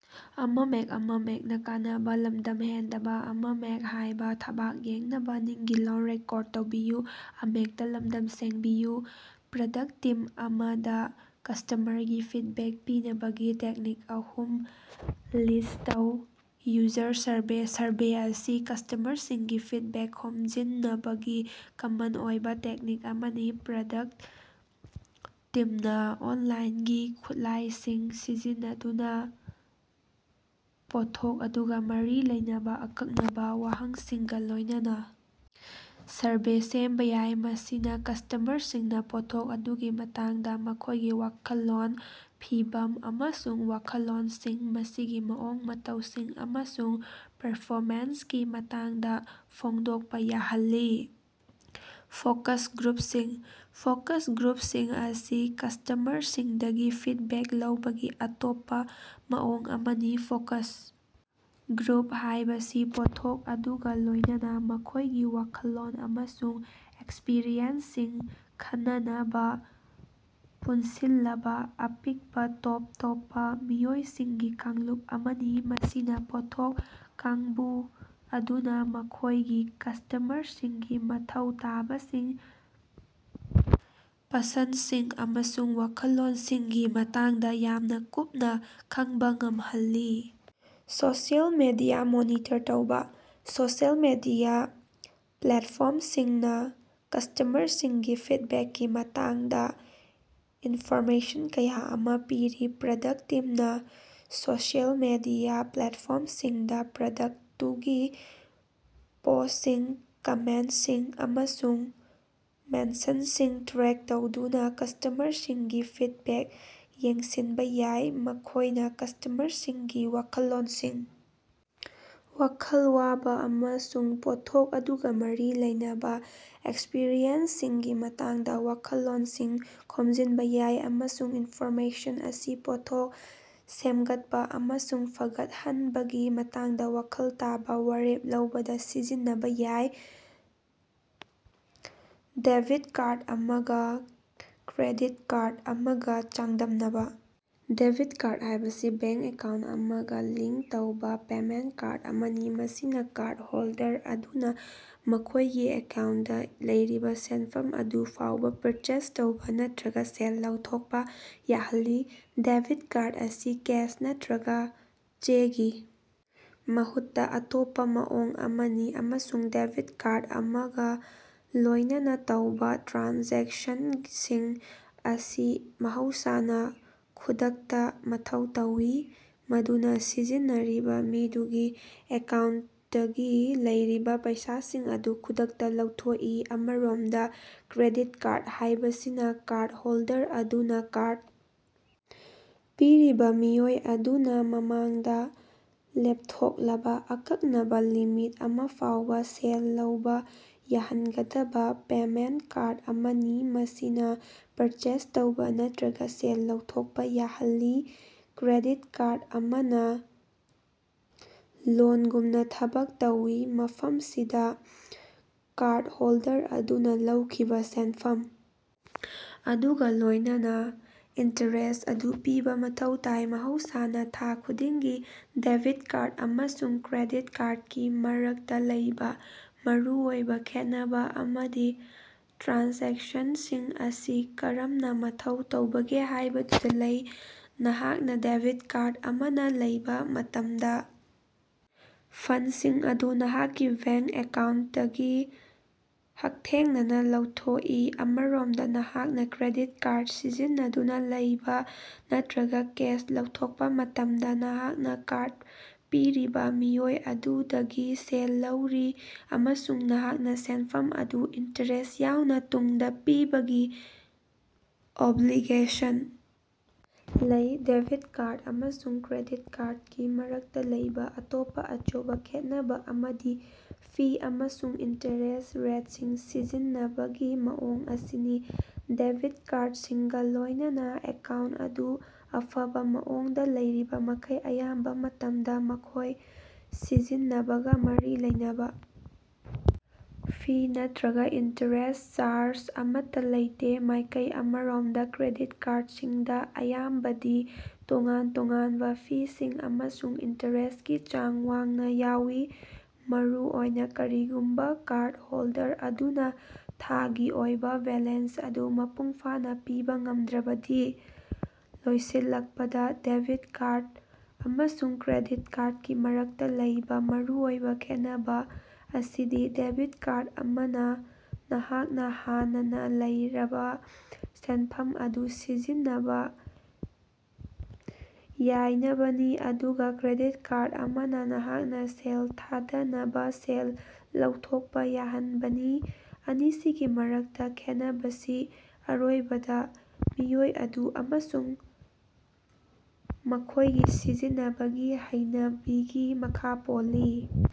‎Product team ꯑꯃꯗꯥ ꯀꯁꯇꯃꯔꯒꯤ feedback ꯄꯤꯅꯕꯒꯤ ꯇꯦꯛꯅꯤꯛ ꯑꯍꯨꯝ ꯂꯤꯁꯠ ꯇꯧ꯫ ꯌꯨꯖꯔ ꯁꯔꯚꯦ: ꯁꯔꯚꯦ ꯑꯁꯤ ꯀꯁꯇꯃꯔꯁꯤꯡꯒꯤ ꯐꯤꯗꯕꯦꯛ ꯈꯣꯝꯖꯤꯟꯅꯕꯒꯤ ꯀꯃꯟ ꯑꯣꯏꯕꯥ ꯇꯦꯛꯅꯤꯛ ꯑꯃꯅꯤ꯫ ꯄ꯭ꯔꯗꯛ ꯇꯤꯝꯅꯥ ꯑꯣꯟꯂꯥꯏꯟꯒꯤ ꯈꯨꯠꯂꯥꯏꯁꯤꯡ ꯁꯤꯖꯤꯟꯅꯗꯨꯅꯥ ꯄꯣꯠꯊꯣꯛ ꯑꯗꯨꯒꯥ ꯃꯔꯤ ꯂꯩꯅꯕꯥ ꯑꯀꯛꯅꯕꯥ ꯋꯥꯍꯪꯁꯤꯡꯒꯥ ꯂꯣꯏꯅꯅꯥ ꯁꯔꯚꯦ ꯁꯦꯝꯕꯥ ꯌꯥꯏ, ꯃꯁꯤꯅꯥ ꯀꯁ꯭ꯇꯃꯔꯁꯤꯡꯅꯥ ꯄꯣꯠꯊꯣꯛ ꯑꯗꯨꯒꯤ ꯃꯇꯥꯡꯗꯥ ꯃꯈꯣꯏꯒꯤ ꯋꯥꯈꯜꯂꯣꯟ, ꯐꯤꯚꯝ ꯑꯃꯁꯨꯡ ꯋꯥꯈꯜꯂꯣꯟꯁꯤꯡ, ꯃꯁꯤꯒꯤ ꯃꯑꯣꯡ ꯃꯇꯧꯁꯤꯡ, ꯑꯃꯁꯨꯡ ꯄꯔꯐꯣꯃꯦꯟꯁꯀꯤ ꯃꯇꯥꯡꯗꯥ ꯐꯣꯡꯗꯣꯛꯄ ꯌꯥꯍꯜꯂꯤ꯫ ꯐꯣꯀꯁ ꯒ꯭ꯔꯨꯞꯁꯤꯡ: ꯐꯣꯀꯁ ꯒ꯭ꯔꯨꯞꯁꯤꯡ ꯑꯁꯤ ꯀꯁꯇꯃꯔꯁꯤꯡꯗꯒꯤ ꯐꯤꯗꯕꯦꯛ ꯂꯧꯕꯒꯤ ꯑꯇꯣꯞꯄ ꯃꯑꯣꯡ ꯑꯃꯅꯤ꯫ ꯐꯣꯀꯁ ꯒ꯭ꯔꯨꯞ ꯍꯥꯏꯕꯁꯤ ꯄꯣꯠꯊꯣꯛ ꯑꯗꯨꯒ ꯂꯣꯏꯅꯅꯥ ꯃꯈꯣꯏꯒꯤ ꯋꯥꯈꯜꯂꯣꯟ ꯑꯃꯁꯨꯡ ꯑꯦꯛꯁꯄꯔꯤꯌꯦꯟꯁꯁꯤꯡ ꯈꯟꯅꯅꯕꯥ ꯄꯨꯟꯁꯤꯜꯂꯕꯥ ꯑꯄꯤꯛꯄꯥ, ꯇꯣꯞ ꯇꯣꯞꯄꯥ ꯃꯤꯑꯣꯏꯁꯤꯡꯒꯤ ꯀꯥꯡꯂꯨꯞ ꯑꯃꯅꯤ꯫ ꯃꯁꯤꯅꯥ ꯄꯣꯠꯊꯣꯛ ꯀꯥꯡꯕꯨ ꯑꯗꯨꯅꯥ ꯃꯈꯣꯏꯒꯤ ꯀꯁꯇꯃꯔꯁꯤꯡꯒꯤ ꯃꯊꯧ ꯇꯥꯕꯁꯤꯡ, ꯄꯁꯟꯗꯁꯤꯡ ꯑꯃꯁꯨꯡ ꯋꯥꯈꯜꯂꯣꯟꯁꯤꯡꯒꯤ ꯃꯇꯥꯡꯗ ꯌꯥꯝꯅꯥ ꯀꯨꯞꯅ ꯈꯡꯕ ꯉꯝꯍꯜꯂꯤ꯫ ꯁꯣꯁꯤꯑꯦꯜ ꯃꯤꯗꯤꯌꯥ ꯃꯣꯅꯤꯇꯔ ꯇꯧꯕꯥ: ꯁꯣꯁꯤꯑꯦꯜ ꯃꯤꯗꯤꯌꯥ ꯄ꯭ꯂꯦꯠꯐꯣꯔꯝꯁꯤꯡꯅꯥ ꯀꯁ꯭ꯇꯃꯔꯁꯤꯡꯒꯤ ꯐꯤꯗꯕꯦꯛꯀꯤ ꯃꯇꯥꯡꯗꯥ ꯏꯟꯐꯣꯔꯃꯦꯁꯟ ꯀꯌꯥ ꯑꯃꯥ ꯄꯤꯔꯤ꯫ ꯄ꯭ꯔꯗꯛ ꯇꯤꯝꯅ ꯁꯣꯁꯤꯑꯦꯜ ꯃꯤꯗꯤꯌꯥ ꯄ꯭ꯂꯦꯠꯐꯣꯔꯝꯁꯤꯡꯗꯥ ꯄ꯭ꯔꯗꯛꯇꯨꯒꯤ ꯄꯣꯁꯁꯤꯡ, ꯀꯃꯦꯟꯇꯁꯤꯡ, ꯑꯃꯁꯨꯡ ꯃꯦꯟꯁꯟꯁꯤꯡ ꯇ꯭ꯔꯦꯛ ꯇꯧꯗꯨꯅꯥ ꯀꯁ꯭ꯇꯃꯔꯁꯤꯡꯒꯤ ꯐꯤꯗꯕꯦꯛ ꯌꯦꯡꯁꯤꯟꯕꯥ ꯌꯥꯏ꯫ ꯃꯈꯣꯏꯅ ꯀꯁ꯭ꯇꯃꯔꯁꯤꯡꯒꯤ ꯋꯥꯈꯜꯂꯣꯟꯁꯤꯡ, ꯋꯥꯈꯜ ꯋꯥꯕꯥ ꯑꯃꯁꯨꯡ ꯄꯣꯠꯊꯣꯛ ꯑꯗꯨꯒ ꯃꯔꯤ ꯂꯩꯅꯕꯥ ꯑꯦꯛꯁꯄꯔꯤꯌꯦꯟꯁꯁꯤꯡꯒꯤ ꯃꯇꯥꯡꯗꯥ ꯋꯥꯈꯜꯂꯣꯟꯁꯤꯡ ꯈꯣꯃꯖꯤꯟꯕ ꯌꯥꯏ, ꯑꯃꯁꯨꯡ ꯏꯅꯐꯣꯔꯃꯦꯁꯟ ꯑꯁꯤ ꯄꯣꯠꯊꯣꯛ ꯁꯦꯃꯒꯠꯄꯥ ꯑꯃꯁꯨꯡ ꯐꯒꯠꯍꯅꯕꯒꯤ ꯃꯇꯥꯡꯗꯥ ꯋꯥꯈꯜ ꯇꯥꯕꯥ ꯋꯥꯔꯦꯞ ꯂꯧꯕꯗꯥ ꯁꯤꯖꯤꯟꯅꯕꯥ ꯌꯥꯏ꯫ ꯗꯦꯕꯤꯠ ꯀꯥꯔꯗ ꯑꯃꯒꯥ ꯀ꯭ꯔꯦꯗꯤꯠ ꯀꯥꯔꯗ ꯑꯃꯒꯥ ꯆꯥꯡꯗꯝꯅꯕꯥ꯫ ꯗꯦꯕꯤꯠ ꯀꯥꯔꯗ ꯍꯥꯌꯕꯁꯤ ꯕꯦꯡ ꯑꯦꯀꯥꯎꯟ ꯑꯃꯒꯥ ꯂꯤꯉꯛ ꯇꯧꯕꯥ ꯄꯦꯃꯦꯟꯇ ꯀꯥꯔꯗ ꯑꯃꯅꯤ, ꯃꯁꯤꯅꯥ ꯀꯥꯔꯗ ꯍꯣꯜꯗꯔ ꯑꯗꯨꯅꯥ ꯃꯈꯣꯏꯒꯤ ꯑꯦꯀꯥꯎꯟꯇꯗ ꯂꯩꯔꯤꯕꯥ ꯁꯦꯟꯐꯝ ꯑꯗꯨ ꯐꯥꯎꯕꯥ ꯄꯔꯆꯦꯖ ꯇꯧꯕꯥ ꯅꯠꯇ꯭ꯔꯒꯥ ꯁꯦꯜ ꯂꯧꯊꯣꯛꯄ ꯌꯥꯍꯜꯂꯤ꯫ ꯗꯦꯕꯤꯠ ꯀꯥꯔꯗ ꯑꯁꯤ ꯀꯦꯁ ꯅꯠꯇ꯭ꯔꯒ ꯆꯦꯒꯤ ꯃꯍꯨꯠꯇꯥ ꯑꯇꯣꯞꯄꯥ ꯃꯑꯣꯡ ꯑꯃꯅꯤ, ꯑꯃꯁꯨꯡ ꯗꯦꯕꯤꯠ ꯀꯥꯔꯗ ꯑꯃꯒꯥ ꯂꯣꯏꯅꯅꯥ ꯇꯧꯕꯥ ꯇ꯭ꯔꯥꯟꯖꯦꯛꯁꯟꯁꯤꯡ ꯑꯁꯤ ꯃꯍꯧꯁꯥꯅꯥ ꯈꯨꯗꯛꯇꯥ ꯃꯊꯧ ꯇꯧꯏ, ꯃꯗꯨꯅꯥ ꯁꯤꯖꯤꯟꯅꯔꯤꯕ ꯃꯤꯗꯨꯒꯤ ꯑꯦꯀꯥꯎꯟꯇꯇꯒꯤ ꯂꯩꯔꯤꯕꯥ ꯄꯩꯁꯥꯁꯤꯡ ꯑꯗꯨ ꯈꯨꯗꯛꯇꯥ ꯂꯧꯊꯣꯛꯏ꯫ ꯑꯃꯔꯣꯝꯗꯥ, ꯀ꯭ꯔꯦꯗꯤꯠ ꯀꯥꯔꯗ ꯍꯥꯏꯕꯁꯤ ꯀꯥꯔꯗ ꯍꯣꯜꯗꯔ ꯑꯗꯨꯅꯥ ꯀꯥꯔꯗ ꯄꯤꯔꯤꯕꯥ ꯃꯤꯑꯣꯏ ꯑꯗꯨꯅꯥ ꯃꯃꯥꯡꯗꯥ ꯂꯦꯞꯊꯣꯛꯂꯕꯥ ꯑꯀꯛꯅꯕꯥ ꯂꯤꯃꯤꯠ ꯑꯃꯐꯥꯎꯕꯥ ꯁꯦꯜ ꯂꯧꯕꯥ ꯌꯥꯍꯅꯒꯗꯕꯥ ꯄꯦꯃꯦꯟꯇ ꯀꯥꯔꯗ ꯑꯃꯅꯤ, ꯃꯁꯤꯅꯥ ꯄꯔꯆꯦꯖ ꯇꯧꯕꯥ ꯅꯠꯇ꯭ꯔꯒꯥ ꯁꯦꯜ ꯂꯧꯊꯣꯛꯄꯥ ꯌꯥꯍꯜꯂꯤ꯫ ꯀ꯭ꯔꯦꯗꯤꯠ ꯀꯥꯔꯗ ꯑꯃꯅꯥ ꯂꯣꯅꯒꯨꯝꯅꯥ ꯊꯕꯛ ꯇꯧꯏ, ꯃꯐꯃꯁꯤꯗꯥ ꯀꯥꯔꯗ ꯍꯣꯜꯗꯔ ꯑꯗꯨꯅꯥ ꯂꯧꯈꯤꯕꯥ ꯁꯦꯅꯐꯝ ꯑꯗꯨꯒꯥ ꯂꯣꯌꯅꯅꯥ ꯏꯟꯇꯔꯦꯁ ꯑꯗꯨ ꯄꯤꯕꯥ ꯃꯊꯧ ꯇꯥꯏ, ꯃꯍꯧꯁꯥꯅꯥ ꯊꯥ ꯈꯨꯗꯤꯡꯒꯤ꯫ ꯗꯦꯕꯤꯠ ꯀꯥꯔꯗ ꯑꯃꯁꯨꯡ ꯀ꯭ꯔꯦꯗꯤꯠ ꯀꯥꯔꯗꯀꯤ ꯃꯔꯛꯇꯥ ꯂꯩꯕꯥ ꯃꯔꯨꯑꯣꯏꯕꯥ ꯈꯦꯠꯅꯕꯥ ꯑꯃꯗꯤ ꯇ꯭ꯔꯥꯟꯖꯦꯛꯁꯅꯁꯤꯡ ꯑꯁꯤ ꯀꯔꯝꯅ ꯃꯊꯧ ꯇꯧꯕꯒꯦ ꯍꯥꯏꯕꯗꯨꯗꯥ ꯂꯩ꯫ ꯅꯍꯥꯛꯅꯥ ꯗꯦꯕꯤꯠ ꯀꯥꯔꯗ ꯑꯃꯅꯥ ꯂꯩꯕ ꯃꯇꯃꯗꯥ, ꯐꯟꯗꯁꯤꯡ ꯑꯗꯨ ꯅꯍꯥꯛꯀꯤ ꯕꯦꯡ ꯑꯦꯀꯥꯎꯟꯇꯇꯒꯤ ꯍꯛꯊꯦꯡꯅꯅꯥ ꯂꯧꯊꯣꯛꯏ꯫ ꯑꯃꯔꯣꯃꯗꯥ, ꯅꯍꯥꯛꯅꯥ ꯀ꯭ꯔꯦꯗꯤꯠ ꯀꯥꯔꯗ ꯁꯤꯖꯤꯟꯅꯗꯨꯅꯥ ꯂꯩꯕ ꯅꯠꯇ꯭ꯔꯒ ꯀꯦꯁ ꯂꯧꯊꯣꯛꯄꯥ ꯃꯇꯝꯗꯥ, ꯅꯍꯥꯛꯅꯥ ꯀꯥꯔꯗ ꯄꯤꯔꯤꯕꯥ ꯃꯤꯑꯣꯏ ꯑꯗꯨꯗꯒꯤ ꯁꯦꯜ ꯂꯧꯔꯤ, ꯑꯃꯁꯨꯡ ꯅꯍꯥꯛꯅꯥ ꯁꯦꯅꯐꯝ ꯑꯗꯨ, ꯏꯟꯇꯔꯦꯁ ꯌꯥꯎꯅꯥ, ꯇꯨꯡꯗꯥ ꯄꯤꯕꯒꯤ ꯑꯣꯕꯂꯤꯒꯦꯁꯟ ꯂꯩ꯫ ꯗꯦꯕꯤꯠ ꯀꯥꯔꯗ ꯑꯃꯁꯨꯡ ꯀ꯭ꯔꯦꯗꯤꯠ ꯀꯥꯔꯗꯀꯤ ꯃꯔꯛꯇꯥ ꯂꯩꯕꯥ ꯑꯇꯣꯞꯄꯥ ꯑꯆꯧꯕꯥ ꯈꯦꯠꯅꯕꯥ ꯑꯃꯗꯤ ꯐꯤ ꯑꯃꯁꯨꯡ ꯏꯟꯇꯔꯦꯁ ꯔꯦꯠꯁꯤꯡ ꯁꯤꯖꯤꯟꯅꯕꯒꯤ ꯃꯑꯣꯡ ꯑꯁꯤꯅꯤ꯫ ꯗꯦꯕꯤꯠ ꯀꯥꯔꯗꯁꯤꯡꯒꯥ ꯂꯣꯏꯅꯅꯥ, ꯑꯦꯀꯥꯎꯟꯇ ꯑꯗꯨ ꯑꯐꯕꯥ ꯃꯑꯣꯡꯗꯥ ꯂꯩꯔꯤꯕꯃꯈꯩ, ꯑꯌꯥꯝꯕꯥ ꯃꯇꯃꯗꯥ ꯃꯈꯣꯏ ꯁꯤꯖꯤꯟꯅꯕꯒꯥ ꯃꯔꯤ ꯂꯩꯅꯕꯥ ꯐꯤ ꯅꯠꯇ꯭ꯔꯒꯥ ꯏꯟꯇꯔꯦꯁ ꯆꯥꯔꯖ ꯑꯃꯠꯇꯥ ꯂꯩꯇꯦ꯫ ꯃꯥꯏꯀꯩ ꯑꯃꯔꯣꯝꯗ, ꯀ꯭ꯔꯦꯗꯤꯠ ꯀꯥꯔꯗꯁꯤꯡꯗ ꯑꯌꯥꯝꯕꯗꯤ ꯇꯣꯉꯥꯟ-ꯇꯣꯉꯥꯟꯕꯥ ꯐꯤꯁꯤꯡ ꯑꯃꯁꯨꯡ ꯏꯟꯇꯔꯦꯁꯀꯤ ꯆꯥꯡ ꯋꯥꯡꯅꯥ ꯌꯥꯎꯏ, ꯃꯔꯨꯑꯣꯏꯅꯥ ꯀꯔꯤꯒꯨꯝꯕꯥ ꯀꯥꯔꯗ ꯍꯣꯜꯗꯔ ꯑꯗꯨꯅꯥ ꯊꯥꯒꯤ ꯑꯣꯏꯕꯥ ꯕꯦꯂꯦꯟꯁ ꯑꯗꯨ ꯃꯄꯨꯡꯐꯥꯅꯥ ꯄꯤꯕꯥ ꯉꯝꯗ꯭ꯔꯕꯗꯤ꯫ ꯂꯣꯏꯁꯤꯜꯂꯛꯄꯗꯥ, ꯗꯦꯕꯤꯠ ꯀꯥꯔꯗ ꯑꯃꯁꯨꯡ ꯀ꯭ꯔꯦꯗꯤꯠ ꯀꯥꯔꯗꯀꯤ ꯃꯔꯛꯇꯥ ꯂꯩꯕꯥ ꯃꯔꯨꯑꯣꯏꯕꯥ ꯈꯦꯠꯅꯕꯥ ꯑꯁꯤꯗꯤ ꯗꯦꯕꯤꯠ ꯀꯥꯔꯗ ꯑꯃꯅꯥ ꯅꯍꯥꯛꯅꯥ ꯍꯥꯟꯅꯅꯥ ꯂꯩꯔꯕꯥ ꯁꯦꯅꯐꯝ ꯑꯗꯨ ꯁꯤꯖꯤꯟꯅꯕꯥ ꯌꯥꯏꯅꯕꯅꯤ, ꯑꯗꯨꯒꯥ ꯀ꯭ꯔꯦꯗꯤꯠ ꯀꯥꯔꯗ ꯑꯃꯅꯥ ꯅꯍꯥꯛꯅꯥ ꯁꯦꯜ ꯊꯥꯗꯅꯕꯥ ꯁꯦꯜ ꯂꯧꯊꯣꯛꯄ ꯌꯥꯍꯟꯕꯅꯤ꯫ ꯑꯅꯤꯁꯤꯒꯤ ꯃꯔꯛꯇꯥ ꯈꯦꯅꯕꯁꯤ ꯑꯔꯣꯏꯕꯗꯥ ꯃꯤꯑꯣꯏ ꯑꯗꯨ ꯑꯃꯁꯨꯡ ꯃꯈꯣꯏꯒꯤ ꯁꯤꯖꯤꯟꯅꯕꯒꯤ ꯍꯩꯅꯕꯤꯒꯤ ꯃꯈꯥ ꯄꯣꯜꯂꯤ꯫।